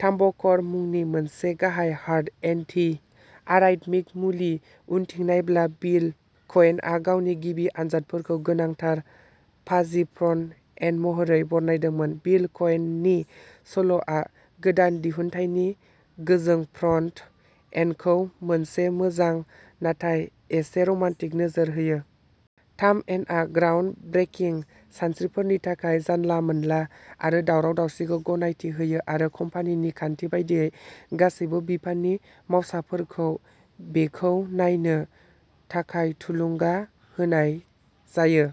टामबक'र मुंनि मोनसे गाहाय हार्ट एन्टीआराइथमिक मुलि उनथिं नायब्ला बिल क'इनआ गावनि गिबि आनजादफोरखौ'गोनांथार फाजि फ्रन्ट एन्ड'महरै बरनायदोंमोन। बिल क'इननि सल'आ गोदान दिहुनथायनि गोजों फ्रन्ट एन्डखौ मोनसे मोजां नाथाय एसे रमान्टिक नोजोर होयो। थाम एमआ ग्राउन्ड ब्रेकिं सानस्रिफोरनि थाखाय जानला मोनला आरो दावराव दावसिखौ गनायथि होयो आरो कम्पानिनि खान्थि बायदियै गासैबो बिफाननि मावसाफोरखौ'बेखौ नायनो थाखाय'थुलुंगा होनाय जायो।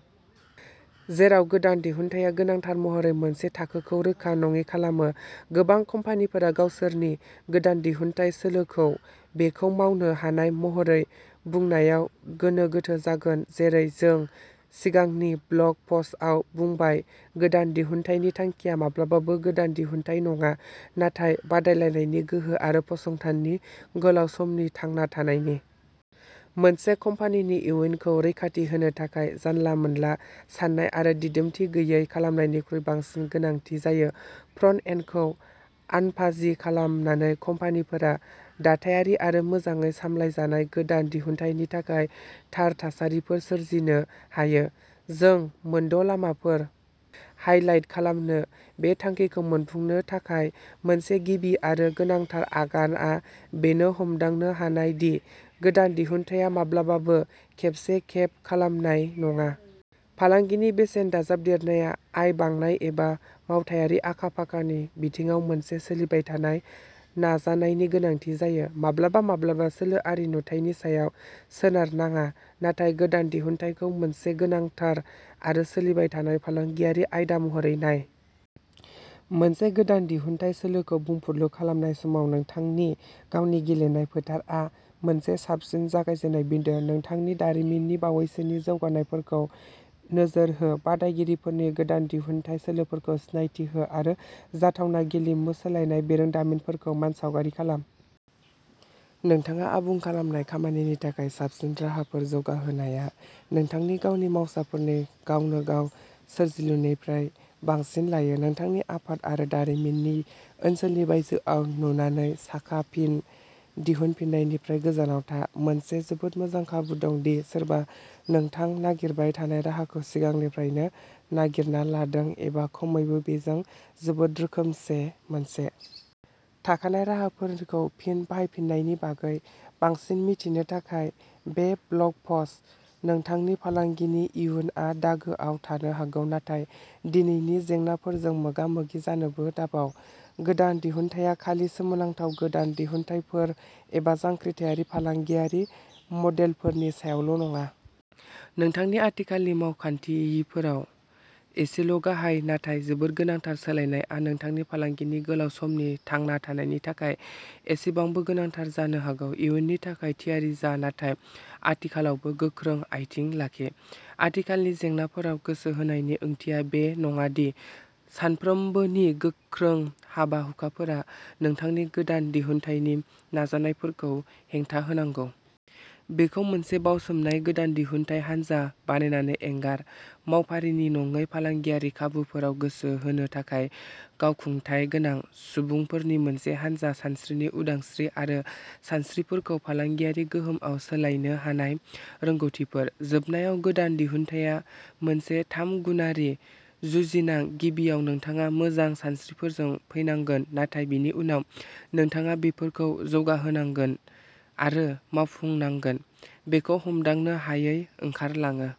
जेराव गोदान दिहुनथाया गोनांथार महरै मोनसे थाखोखौ रोखा नङि खालामो गोबां कम्पानिफोरा गावसोरनि गोदान दिहुनथाइ सोलोखौ'बेखौ मावनो हानाय'महरै बुंनायाव गोनो गोथो जागोन जेरै जों सिगांनि ब्लग पस्टआव बुंबाय गोदान दिहुनथायनि थांखिया माब्लाबाबो गोदान दिहुनथाइ नङा नाथाय बादायलायनायनि गोहो आरो फसंथाननि गोलाव समनि थांना थानायनि। मोनसे कम्पानिनि इयुनखौ रैखाथि होनो थाखाय जानला मोनला साननाय आरो दिदोमथि गैयै खालामनायनिख्रुइ बांसिन गोनांथि जायो। फ्रन्ट एन्डखौ'आनफाजि'खालामनानै कम्पानिफोरा दाथायारि आरो मोजाङै सामलायजानाय गोदान दिहुनथायनि थाखाय थार थासारिफोर सोरजिनो हायो। जों मोनद'लामाफोरखौ हाईलाइट खालामो बे थांखिखौ मोनफुंनो थाखाय मोनसे गिबि आरो गोनांथार आगानआ बेखौ हमदांनो हानाय दि गोदान दिहुनथाया माब्लाबाबो खेबसे खेब खालामनाय नङा। फालांगिनि बेसेन दाजाबदेरनाया आय बांनाय एबा मावथायारि आखा फाखाथिनि बिथिङाव मोनसे सोलिबाय थानाय नाजानायनि गोनांथि जायो। माब्लाबा माब्लाबा सोलोआरि नुथायनि सायाव सोनारनाङा नाथाय गोदान दिहुनथायखौ मोनसे गोनांथार आरो सोलिबाय थानाय फालांगियारि आयदा महरै नाय। मोनसे गोदान दिहुनथाइ सोलोखौ बुंफुरलु खालामनाय समाव नोंथांनि गावनि गेलेनाय फोथारआ मोनसे साबसिन जागायजेननाय बिन्दो। नोंथांनि दारिमिननि बावैसोनि जौगानायफोरखौ नोजोर हो बादायगिरिफोरनि गोदान दिहुनथाइ सोलोफोरखौ सिनायथि हो आरो जाथावना गेलेमु सोलायनाय बिरोंदामिनफोरखौ मानसावगारि खालाम। नोंथाङा आबुं खालामनाय खामानिनि थाखाय साबसिन राहाफोर जौगाहोनाया नोंथांनि गावनि मावसाफोरनि गावनो गाव सोरजिलुनिफ्राय बांसिन लायो। नोंथांनि आफाद आरो दारिमिननि ओनसोलनि बायजोआव नुनानै साखा फिन दिहुनफिननायनिफ्राय गोजानाव था। मोनसे जोबोद मोजां खाबु दं दि सोरबा नोंथां नागिरबाय थानाय राहाखौ सिगांनिफ्रायनो नागिरना लादों एबा खमैबो बेजों जोबोद रोखोमसे मोनसे। थाखानाय राहाफोरखौ फिन बाहायफिन्नायनि बागै बांसिन मिथिनो थाखाय। बे ब्लग पस्ट। नोंथांनि फालांगिनि इयुनआ दागोआव थानो हागौ नाथाय दिनैनि जेंनाफोरजों मोगा मोगि जानोबो दाबाव। गोदान दिहुनथाया खालि सोमोनांथाव गोदान दिहुनथायफोर एबा जांख्रिथायारि फालांगियारि मदेलफोरनि सायावल'नङा। नोंथांनि आथिखालनि मावखान्थिफोराव एसेल'गाहाय नाथाय जोबोद गोनांथार सोलायनायआ नोंथांनि फालांगिनि गोलाव समनि थांना थानायनि थाखाय एसेबांनो गोनांथार जानो हागौ। इयुननि थाखाय थियारि जा नाथाय आथिखालावबो गोख्रों आथिं लाखि। आथिखालनि जेंनाफोराव गोसो होनायनि ओंथिया बे नङा दि सानफ्रोमबोनि गोख्रों हाबा हुखाफोरा नोंथांनि गोदान दिहुनथायनि नाजानायफोरखौ हेंथा होनांगौ। बेखौ मोनसे बावसोमनाय गोदान दिहुनथाय हानजा बानायनानै एंगार मावफारिनि नङै फालांगियारि खाबुफोराव गोसो होनो थाखाय गावखुंथाय गोनां सुबुंफोरनि मोनसे हानजा सानस्रिनि उदांस्रि आरो सानस्रिफोरखौ फालांगियारि गोहोमआव सोलायनो हानाय रोंग'थिफोर। जोबनायाव गोदान दिहुनथाया मोनसे थाम गुनारि जुजिनां गिबियाव नोंथाङा मोजां सानस्रिफोरजों फैनांगोन नाथाय बेनि उनाव नोंथाङा बेफोरखौ जौगाहोनांगोन आरो मावफुंनांगोन। बेखौ हमदांनो हायै ओंखारलाङो।